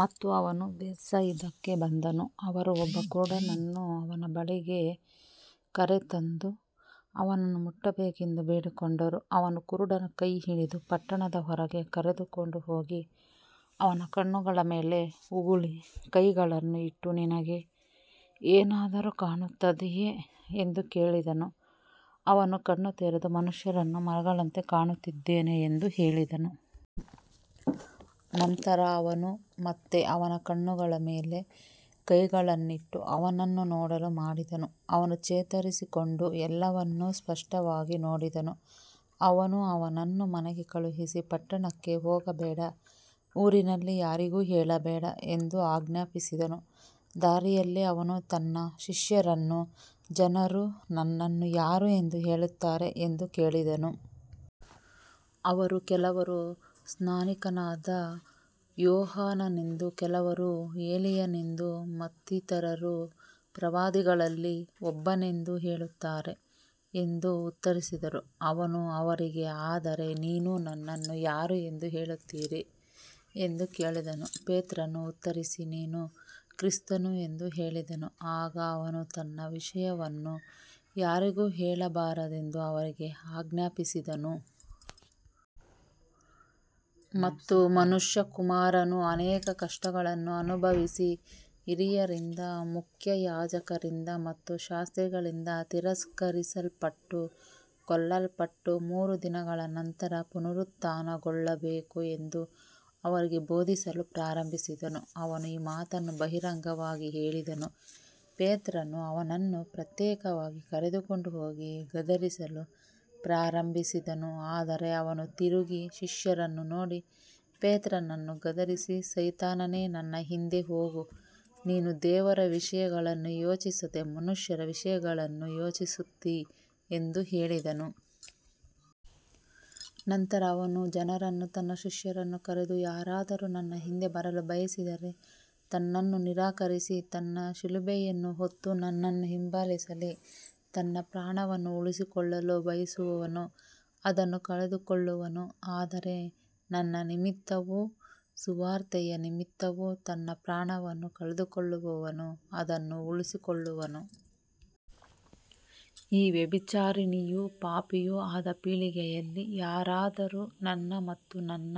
ಮತ್ತು ಅವನು ಬೆತ್ಸಾಯಿದಾಕ್ಕೆ ಬಂದನು. ಅವರು ಒಬ್ಬ ಕುರುಡನನ್ನು ಅವನ ಬಳಿಗೆ ಕರೆತಂದು ಅವನನ್ನು ಮುಟ್ಟಬೇಕೆಂದು ಬೇಡಿಕೊಂಡರು. ಅವನು ಕುರುಡನ ಕೈಹಿಡಿದು ಪಟ್ಟಣದ ಹೊರಗೆ ಕರೆದುಕೊಂಡು ಹೋಗಿ ಅವನ ಕಣ್ಣುಗಳ ಮೇಲೆ ಉಗುಳಿ ಕೈಗಳನ್ನು ಇಟ್ಟು, ನಿನಗೆ ಏನಾದರೂ ಕಾಣುತ್ತದೆಯೇ ಎಂದು ಕೇಳಿದನು. ಅವನು ಕಣ್ಣು ತೆರೆದು, ಮನುಷ್ಯರನ್ನು ಮರಗಳಂತೆ ಕಾಣುತ್ತಿದ್ದೇನೆ ಎಂದು ಹೇಳಿದನು. ನಂತರ ಅವನು ಮತ್ತೆ ಅವನ ಕಣ್ಣುಗಳ ಮೇಲೆ ಕೈಗಳನ್ನಿಟ್ಟು ಅವನನ್ನು ನೋಡಲು ಮಾಡಿದನು. ಅವನು ಚೇತರಿಸಿಕೊಂಡು ಎಲ್ಲವನ್ನೂ ಸ್ಪಷ್ಟವಾಗಿ ನೋಡಿದನು. ಅವನು ಅವನನ್ನು ಮನೆಗೆ ಕಳುಹಿಸಿ, ಪಟ್ಟಣಕ್ಕೆ ಹೋಗಬೇಡ, ಊರಿನಲ್ಲಿ ಯಾರಿಗೂ ಹೇಳಬೇಡ ಎಂದು ಆಜ್ಞಾಪಿಸಿದನು. ದಾರಿಯಲ್ಲಿ ಅವನು ತನ್ನ ಶಿಷ್ಯರನ್ನು, ಜನರು ನನ್ನನ್ನು ಯಾರು ಎಂದು ಹೇಳುತ್ತಾರೆ ಎಂದು ಕೇಳಿದನು. ಅವರು, ಕೆಲವರು ಸ್ನಾನಿಕನಾದ ಯೋಹಾನನೆಂದೂ, ಕೆಲವರು ಎಲೀಯನೆಂದೂ, ಮತ್ತಿತರರು ಪ್ರವಾದಿಗಳಲ್ಲಿ ಒಬ್ಬನೆಂದೂ ಹೇಳುತ್ತಾರೆ ಎಂದು ಉತ್ತರಿಸಿದರು. ಅವನು ಅವರಿಗೆ, ಆದರೆ ನೀವು ನನ್ನನ್ನು ಯಾರು ಎಂದು ಹೇಳುತ್ತೀರಿ ಎಂದು ಕೇಳಿದನು. ಪೇತ್ರನು ಉತ್ತರಿಸಿ, ನೀನು ಕ್ರಿಸ್ತನು ಎಂದು ಹೇಳಿದನು. ಆಗ ಅವನು ತನ್ನ ವಿಷಯವನ್ನು ಯಾರಿಗೂ ಹೇಳಬಾರದೆಂದು ಅವರಿಗೆ ಆಜ್ಞಾಪಿಸಿದನು. ಮತ್ತು ಮನುಷ್ಯಕುಮಾರನು ಅನೇಕ ಕಷ್ಟಗಳನ್ನು ಅನುಭವಿಸಿ, ಹಿರಿಯರಿಂದ, ಮುಖ್ಯಯಾಜಕರಿಂದ ಮತ್ತು ಶಾಸ್ತ್ರಿಗಳಿಂದ ತಿರಸ್ಕರಿಸಲ್ಪಟ್ಟು ಕೊಲ್ಲಲ್ಪಟ್ಟು ಮೂರು ದಿನಗಳ ನಂತರ ಪುನರುತ್ಥಾನಗೊಳ್ಳಬೇಕು ಎಂದು ಅವರಿಗೆ ಬೋಧಿಸಲು ಪ್ರಾರಂಭಿಸಿದನು. ಅವನು ಈ ಮಾತನ್ನು ಬಹಿರಂಗವಾಗಿ ಹೇಳಿದನು. ಪೇತ್ರನು ಅವನನ್ನು ಪ್ರತ್ಯೇಕವಾಗಿ ಕರೆದುಕೊಂಡು ಹೋಗಿ ಗದರಿಸಲು ಪ್ರಾರಂಭಿಸಿದನು. ಆದರೆ ಅವನು ತಿರುಗಿ ಶಿಷ್ಯರನ್ನು ನೋಡಿ ಪೇತ್ರನನ್ನು ಗದರಿಸಿ, ಸೈತಾನನೇ, ನನ್ನ ಹಿಂದೆ ಹೋಗು, ನೀನು ದೇವರ ವಿಷಯಗಳನ್ನು ಯೋಚಿಸದೆ ಮನುಷ್ಯರ ವಿಷಯಗಳನ್ನು ಯೋಚಿಸುತ್ತೀ ಎಂದು ಹೇಳಿದನು. ನಂತರ ಅವನು ಜನರನ್ನೂ ತನ್ನ ಶಿಷ್ಯರನ್ನೂ ಕರೆದು, ಯಾರಾದರೂ ನನ್ನ ಹಿಂದೆ ಬರಲು ಬಯಸಿದರೆ ತನ್ನನ್ನು ನಿರಾಕರಿಸಿ ತನ್ನ ಶಿಲುಬೆಯನ್ನು ಹೊತ್ತು ನನ್ನನ್ನು ಹಿಂಬಾಲಿಸಲಿ. ತನ್ನ ಪ್ರಾಣವನ್ನು ಉಳಿಸಿಕೊಳ್ಳಲು ಬಯಸುವವನು ಅದನ್ನು ಕಳೆದುಕೊಳ್ಳುವನು, ಆದರೆ ನನ್ನ ನಿಮಿತ್ತವೂ ಸುವಾರ್ತೆಯ ನಿಮಿತ್ತವೂ ತನ್ನ ಪ್ರಾಣವನ್ನು ಕಳೆದುಕೊಳ್ಳುವವನು ಅದನ್ನು ಉಳಿಸಿಕೊಳ್ಳುವನು. ಈ ವ್ಯಭಿಚಾರಿಣಿಯೂ ಪಾಪಿಯೂ ಆದ ಪೀಳಿಗೆಯಲ್ಲಿ ಯಾರಾದರೂ ನನ್ನ ಮತ್ತು ನನ್ನ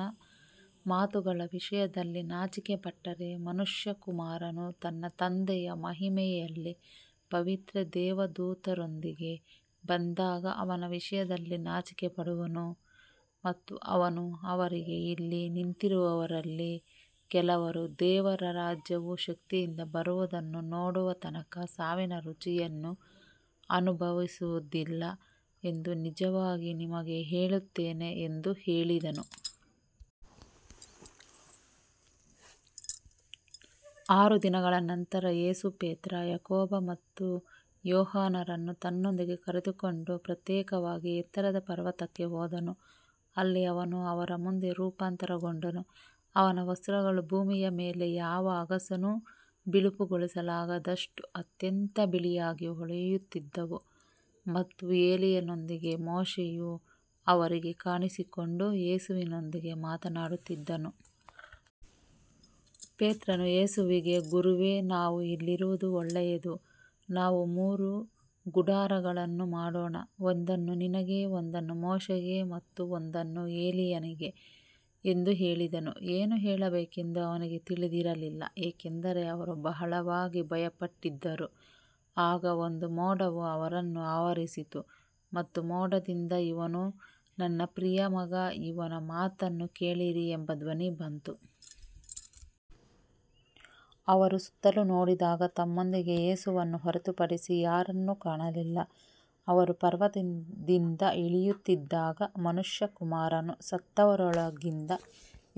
ಮಾತುಗಳ ವಿಷಯದಲ್ಲಿ ನಾಚಿಕೆಪಟ್ಟರೆ, ಮನುಷ್ಯಕುಮಾರನು ತನ್ನ ತಂದೆಯ ಮಹಿಮೆಯಲ್ಲಿ ಪವಿತ್ರ ದೇವದೂತರೊಂದಿಗೆ ಬಂದಾಗ ಅವನ ವಿಷಯದಲ್ಲಿ ನಾಚಿಕೆಪಡುವನು. ಮತ್ತು ಅವನು ಅವರಿಗೆ, ಇಲ್ಲಿ ನಿಂತಿರುವವರಲ್ಲಿ ಕೆಲವರು ದೇವರ ರಾಜ್ಯವು ಶಕ್ತಿಯಿಂದ ಬರುವುದನ್ನು ನೋಡುವ ತನಕ ಸಾವಿನ ರುಚಿಯನ್ನು ಅನುಭವಿಸುವುದಿಲ್ಲ ಎಂದು ನಿಜವಾಗಿ ನಿಮಗೆ ಹೇಳುತ್ತೇನೆ ಎಂದು ಹೇಳಿದನು. ಆರು ದಿನಗಳ ನಂತರ ಯೇಸು ಪೇತ್ರ, ಯಾಕೋಬ ಮತ್ತು ಯೋಹಾನರನ್ನು ತನ್ನೊಂದಿಗೆ ಕರೆದುಕೊಂಡು ಪ್ರತ್ಯೇಕವಾಗಿ ಎತ್ತರದ ಪರ್ವತಕ್ಕೆ ಹೋದನು. ಅಲ್ಲಿ ಅವನು ಅವರ ಮುಂದೆ ರೂಪಾಂತರಗೊಂಡನು. ಅವನ ವಸ್ತ್ರಗಳು ಭೂಮಿಯ ಮೇಲಿನ ಯಾವ ಅಗಸನೂ ಬಿಳುಪುಗೊಳಿಸಲಾಗದಷ್ಟು ಅತ್ಯಂತ ಬಿಳಿಯಾಗಿ ಹೊಳೆಯುತ್ತಿದ್ದವು. ಮತ್ತು ಎಲೀಯನೊಂದಿಗೆ ಮೋಶೆಯು ಅವರಿಗೆ ಕಾಣಿಸಿಕೊಂಡು ಯೇಸುವಿನೊಂದಿಗೆ ಮಾತನಾಡುತ್ತಿದ್ದನು. ಪೇತ್ರನು ಯೇಸುವಿಗೆ, ಗುರುವೇ, ನಾವು ಇಲ್ಲಿರುವುದು ಒಳ್ಳೆಯದು. ನಾವು ಮೂರು ಗುಡಾರಗಳನ್ನು ಮಾಡೋಣ, ಒಂದನ್ನು ನಿನಗೆ, ಒಂದನ್ನು ಮೋಶೆಗೆ ಮತ್ತು ಒಂದನ್ನು ಎಲೀಯನಿಗೆ ಎಂದು ಹೇಳಿದನು. ಏನು ಹೇಳಬೇಕೆಂದು ಅವನಿಗೆ ತಿಳಿದಿರಲಿಲ್ಲ, ಏಕೆಂದರೆ ಅವರು ಬಹಳವಾಗಿ ಭಯಪಟ್ಟಿದ್ದರು. ಆಗ ಒಂದು ಮೋಡವು ಅವರನ್ನು ಆವರಿಸಿತು ಮತ್ತು ಮೋಡದಿಂದ, ಇವನು ನನ್ನ ಪ್ರಿಯ ಮಗ, ಇವನ ಮಾತನ್ನು ಕೇಳಿರಿ ಎಂಬ ಧ್ವನಿ ಬಂತು. ಅವರು ಸುತ್ತಲೂ ನೋಡಿದಾಗ ತಮ್ಮೊಂದಿಗೆ ಯೇಸುವನ್ನು ಹೊರತುಪಡಿಸಿ ಯಾರನ್ನೂ ಕಾಣಲಿಲ್ಲ. ಅವರು ಪರ್ವತದಿಂದ ಇಳಿಯುತ್ತಿದ್ದಾಗ, ಮನುಷ್ಯಕುಮಾರನು ಸತ್ತವರೊಳಗಿಂದ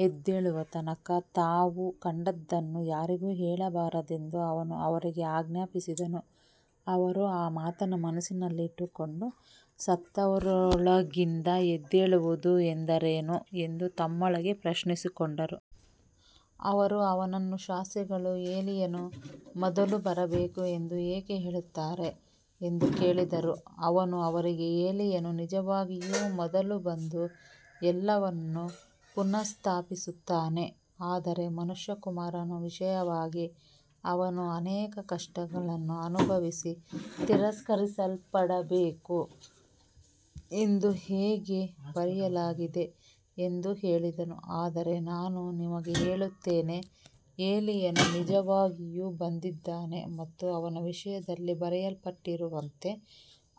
ಎದ್ದೇಳುವ ತನಕ ತಾವು ಕಂಡದ್ದನ್ನು ಯಾರಿಗೂ ಹೇಳಬಾರದೆಂದು ಅವನು ಅವರಿಗೆ ಆಜ್ಞಾಪಿಸಿದನು. ಅವರು ಆ ಮಾತನ್ನು ಮನಸ್ಸಿನಲ್ಲಿ ಇಟ್ಟುಕೊಂಡು, ಸತ್ತವರೊಳಗಿಂದ ಎದ್ದೇಳುವುದು ಎಂದರೇನು ಎಂದು ತಮ್ಮೊಳಗೆ ಪ್ರಶ್ನಿಸಿಕೊಂಡರು. ಅವರು ಅವನನ್ನು, ಶಾಸ್ತ್ರಿಗಳು ಎಲೀಯನು ಮೊದಲು ಬರಬೇಕು ಎಂದು ಏಕೆ ಹೇಳುತ್ತಾರೆ ಎಂದು ಕೇಳಿದರು. ಅವನು ಅವರಿಗೆ, ಎಲೀಯನು ನಿಜವಾಗಿಯೂ ಮೊದಲು ಬಂದು ಎಲ್ಲವನ್ನೂ ಪುನಃಸ್ಥಾಪಿಸುತ್ತಾನೆ. ಆದರೆ ಮನುಷ್ಯಕುಮಾರನ ವಿಷಯವಾಗಿ ಅವನು ಅನೇಕ ಕಷ್ಟಗಳನ್ನು ಅನುಭವಿಸಿ ತಿರಸ್ಕರಿಸಲ್ಪಡಬೇಕು ಎಂದು ಹೇಗೆ ಬರೆಯಲಾಗಿದೆ ಎಂದು ಹೇಳಿದನು. ಆದರೆ ನಾನು ನಿಮಗೆ ಹೇಳುತ್ತೇನೆ, ಎಲೀಯನು ನಿಜವಾಗಿಯೂ ಬಂದಿದ್ದಾನೆ ಮತ್ತು ಅವನ ವಿಷಯದಲ್ಲಿ ಬರೆಯಲ್ಪಟ್ಟಿರುವಂತೆ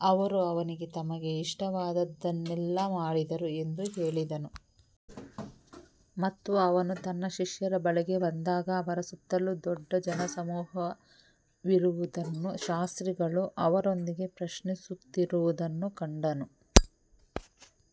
ಅವರು ಅವನಿಗೆ ತಮಗೆ ಇಷ್ಟವಾದದ್ದನ್ನೆಲ್ಲ ಮಾಡಿದರು ಎಂದು ಹೇಳಿದನು. ಮತ್ತು ಅವನು ತನ್ನ ಶಿಷ್ಯರ ಬಳಿಗೆ ಬಂದಾಗ ಅವರ ಸುತ್ತಲೂ ದೊಡ್ಡ ಜನಸಮೂಹವಿರುವುದನ್ನೂ ಶಾಸ್ತ್ರಿಗಳು ಅವರೊಂದಿಗೆ ಪ್ರಶ್ನಿಸುತ್ತಿರುವುದನ್ನೂ ಕಂಡನು.